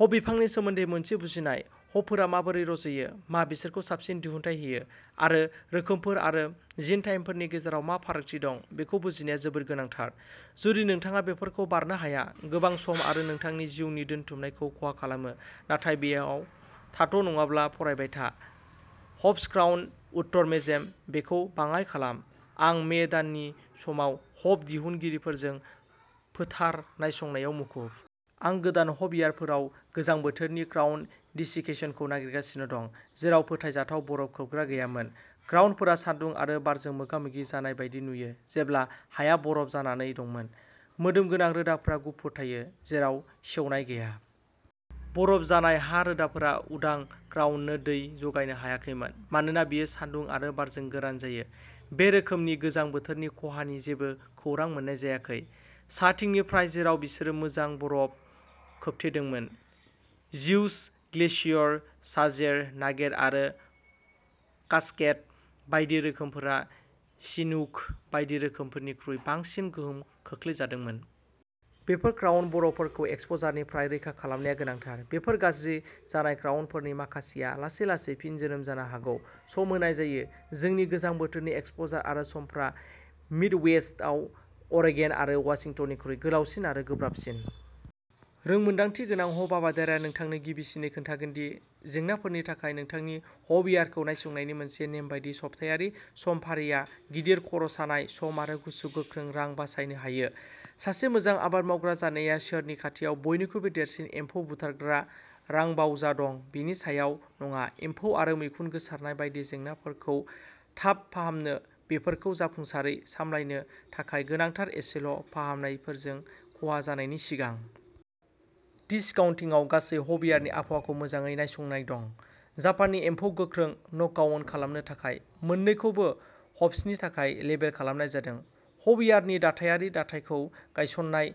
Hop बिफांनि सोमोन्दै मोनसे बुजिनाय। हपफोरा माबोरै रज'यो, मा बिसोरखौ साबसिन दिहुनथाय होयो, आरो रोखोमफोर आरो जिन'टाइपफोरनि गेजेराव मा फारागथि दं बेखौ बुजिनाया जोबोद गोनांथार। जुदि नोंथाङा बेफोरखौ बारनो हाया गोबां सम आरो नोंथांनि जिउनि दोनथुमनायखौ खहा खालामनो थाखाय बेयाव थाथ नङाब्ला फरायबाय था हप्स क्राउन उइन्टार डेमेज बेखौ बाङाइ खालाम, आं मे दाननि समाव हप दिहुनगिरिफोरजों फोथार नायसंनायाव मुखुब। आं गोदान हप यार्डफोराव गोजां बोथोरनि क्राउन दिसिकेसनखौ नागिरगासिनो दं जेराव फोथायजाथाव बरफ खोबग्रा गैयामोन। क्राउनफोरा सान्दुं आरो बारजों मोगामोगि जानाय बायदि नुयो जेब्ला हाया बरफ जानानै दंमोन। मोदोम गोनां रोदाफोरा गुफुर थायो जेबो सेवनाय गैया। बरफ जानाय हा रोदाफोरा उदां क्राउननो दै जगायनो हायाखैमोन मानोना बेयो सान्दुं आरो बारजों गोरान जायो। बे रोखोमनि गोजां बोथोरनि खहानि जेबो खौरां मोननाय जायाखै। साहाथिंनिफ्राय, जेराव बिसोर मोजां बरफ खोबथेदोंमोन। जिउस, ग्लेशियर, साजेर, नागेट आरो कास्केड बायदि रोखोमफोरा चिनुक बायदि रोखोमफोरनिख्रुइ बांसिन गोहोम खोख्लैजादोंमोन। बेफोर क्राउन बडफोरखौ एक्सप'जारनिफ्राय रैखा खालामनाया गोनांथार बेफोर गाज्रि जानाय क्राउनफोरनि माखासेआ लासै-लासै फिन जोनोम जानो हागौ, सम होनाय जायो। जोंनि गोजां बोथोरनि एक्सप'जार आरो समफ्रा मिडवेस्टआव अरेगन आरो वाशिंटननिख्रुइ गोलावसिन आरो गोब्राबसिन। रोंमोन्दांथि गोनां हप आबादारिया नोंथांनो गिबिसिनै खोन्थागोन दि जेंनाफोरनि थाखाय नोंथांनि हपयार्डखौ नायसंनायनि मोनसे नेमबादि सप्तायारि समफारिआ गिदिर खर'सानाय, सम आरो गुसु गोख्रों रां बासायनो हायो। सासे मोजां आबाद मावग्रा जानाया सोरनि खाथियाव बयनिख्रुइ देरसिन एम्फौ बुथारग्रा रांबावजा दं बेनि सायाव नङा एम्फौ आरो मैखुन गोसारनाय बायदि जेंनाफोरखौ थाब हमनायानो बेफोरखौ जाफुंसारै सामलायनो थाखाय गोनांथार एसेल' फाहामनायजों खहा जानायनि सिगां। थि स्काउटिंगआव गासै हपयार्डनि आबहावाखौ मोजाङै नायसंनाय दं। जापाननि एम्फौखौ गोख्रै नकडाउन खालामनो थाखाय। मोन्नैखौबो हप्सनि थाखाय लेबेल खालामनाय जादों। हपयार्डनि दाथायारि दाथायखौ नायसंनाय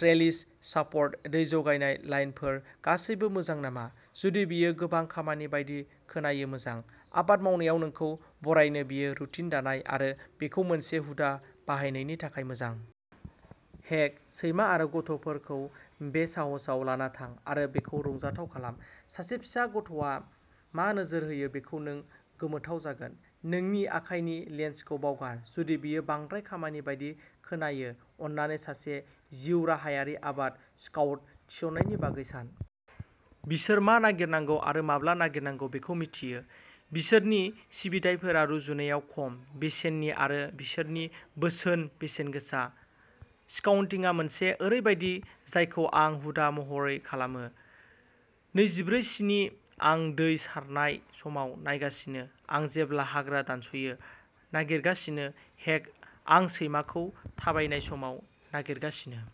ट्रेलिस, सापर्ट, दै जगायनाय लाइनफोर गासैबो मोजां नामा? जुदि बेयो गोबां खामानि बायदि खोनायो मोजां, आबाद मावनायाव नोंखौ बरायनो बेयो रुटिन दानाय आरो बेखौ मोनसे हुदा बानायनायनि थाखाय मोजां। हेक, सैमा आरो गथ'फोरखौ बे साहसआव लाना थां आरो बेखौ रंजाथाव खालाम। सासे फिसा गथ'आ मा नोजोर होयो बेखौ नों गोमोथाव जागोन। नोंनि आखाइनि लेन्सखौ बावगार जुदि बेयो बांद्राय खामानि बायदि खोनायो, अन्नानै सासे जिउराहायारि आबाद स्काउट थिसननायनि बागै सान। बिसोर मा नागिरनांगौ आरो माब्ला नागिरनांगौ बेखौ मिन्थियो। बिसोरनि सिबिथाइफोरा रुजुनायाव खम बेसेननि आरो बिसोरनि बोसोन-बेसेनगोसा। स्काउटिंआ मोनसे ओरैबायदि जायखौ आं हुदा महरै खालामो नैजिब्रै स्नि आं दै सारनाय समाव नायगासिनो आं जेब्ला हाग्रा दानस'यो नागिरगासिनो हेक, आं सैमाखौ थाबायनाय समाव नायगासिनो।